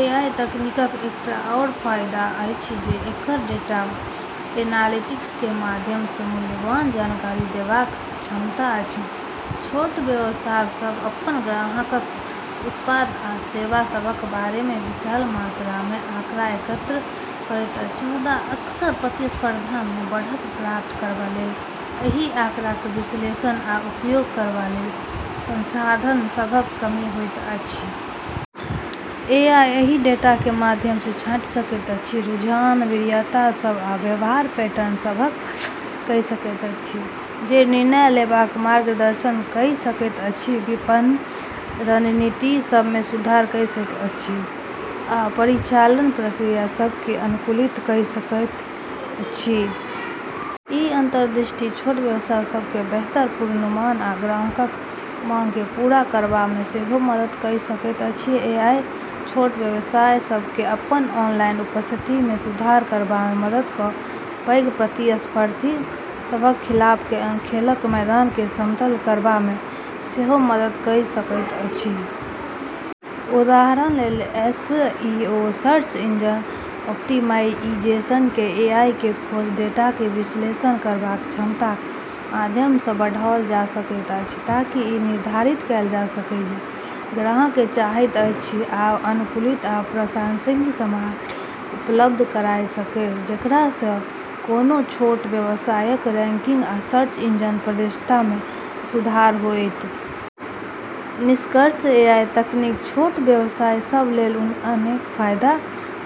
AI तकनीकक एकटा आओर फायदा अछि जे एकर डेटा एनालिटिक्स क माध्यम सँ मूल्यवान जानकारी देबाक क्षमता अछि। छोट व्यवसाय सभ अपन ग्राहकक, उत्पाद आ सेवा सभक बारे मे विशाल मात्रामे आँकड़ा एकत्र करैत अछि, मुदा अक्सर प्रतिस्पर्धा मे बढ़त प्राप्त करबा लेल एहि आँकड़ाक विश्लेषण आ उपयोग करबा लेल संसाधन सभक कमी होइत अछि। एआई एहि डेटाक माध्यम सँ छाँटि सकैत अछि, रुझान, वरीयता सभ, आ व्यवहार पैटर्न सभक पहचान कइ सकैत अछि जे निर्णय लेबाक मार्गदर्शन कइ सकैत अछि, विपणन रणनीति सभ मे सुधार कइ सकैत अछि, आ परिचालन प्रक्रिया सभ केँ अनुकूलित कइ सकैत अछि। ई अंतर्दृष्टि छोट व्यवसाय सभ केँ बेहतर पूर्वानुमान आ ग्राहकक माँग केँ पूरा करबामे सेहो मदद कइ सकैत अछि। एआई छोट व्यवसाय सभ केँ अपन ऑनलाइन उपस्थिति मे सुधार करबामे मदद कऽ पैघ प्रतिस्पर्धी सभक खिलाफ खेलक मैदान केँ समतल करबामे सेहो मदद कइ सकैत अछि। उदाहरण लेल, एसईओ (सर्च इंजन ऑप्टिमाइजेशन) केँ एआई क खोज डेटाक विश्लेषण करबाक क्षमताक माध्यम सँ बढ़ाओल जा सकैत अछि ताकि ई निर्धारित कएल जा सकए जे ग्राहक की चाहैत अछि आ अनुकूलित आ प्रासंगिक सामग्री उपलब्ध कराए सकए, जेकरा सँ कोनो छोट व्यवसायक रैंकिंग आ सर्च इंजन पर दृश्यता मे सुधार होएत। निष्कर्षतः, एआई तकनीक छोट व्यवसाय सभ लेल अनेक फायदा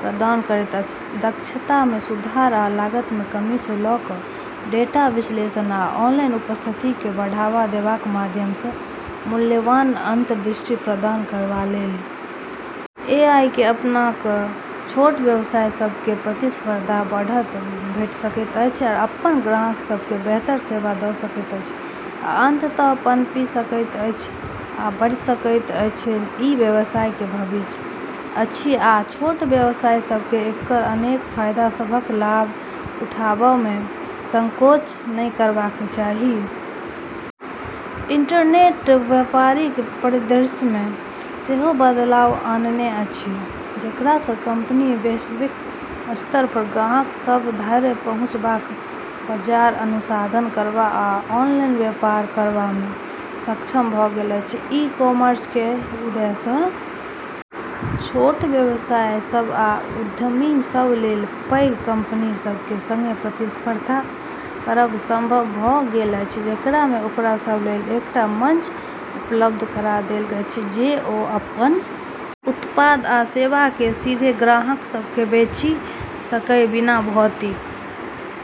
प्रदान करैत अछि, दक्षता मे सुधार आ लागत मे कमी सँ लऽ कऽ डेटा विश्लेषण आ ऑनलाइन उपस्थिति केँ बढ़ावा देबाक माध्यम सँ मूल्यवान अंतर्दृष्टि प्रदान करबा लेल। एआई केँ अपना कऽ छोट व्यवसाय सभ केँ प्रतिस्पर्धा मे बढ़त भेटि सकैत अछि, अपन ग्राहक सभ केँ बेहतर सेवा दऽ सकैत अछि, आ अंततः पनपि सकैत अछि आ बढ़ि सकैत अछि। ई व्यवसाय क भविष्य अछि, आ छोट व्यवसाय सभ केँ एकर अनेक फायदा सभक लाभ उठाबबामे संकोच नहि करबाक चाही। इंटरनेट व्यापारिक परिदृश्य मे सेहो बदलाव आनने अछि, जेकरा सँ कंपनी वैश्विक स्तर पर ग्राहक सभ धरि पहुँचबाक, बाजार अनुसंधान करबाक, आ ऑनलाइन व्यापार करबामे सक्षम भऽ गेल अछि। ई-कॉमर्स क उदय सँ छोट व्यवसाय सभ आ उद्यमी सभ लेल पैघ कंपनी सभ क संगे प्रतिस्पर्धा करब संभव भऽ गेल अछि, जेकरा मे ओकरा सभ लेल एकटा मंच उपलब्ध करा देल गेल अछि जे ओ अपन उत्पाद आ सेवा केँ सीधे ग्राहक सभ केँ बेचि सकए, बिना भौतिक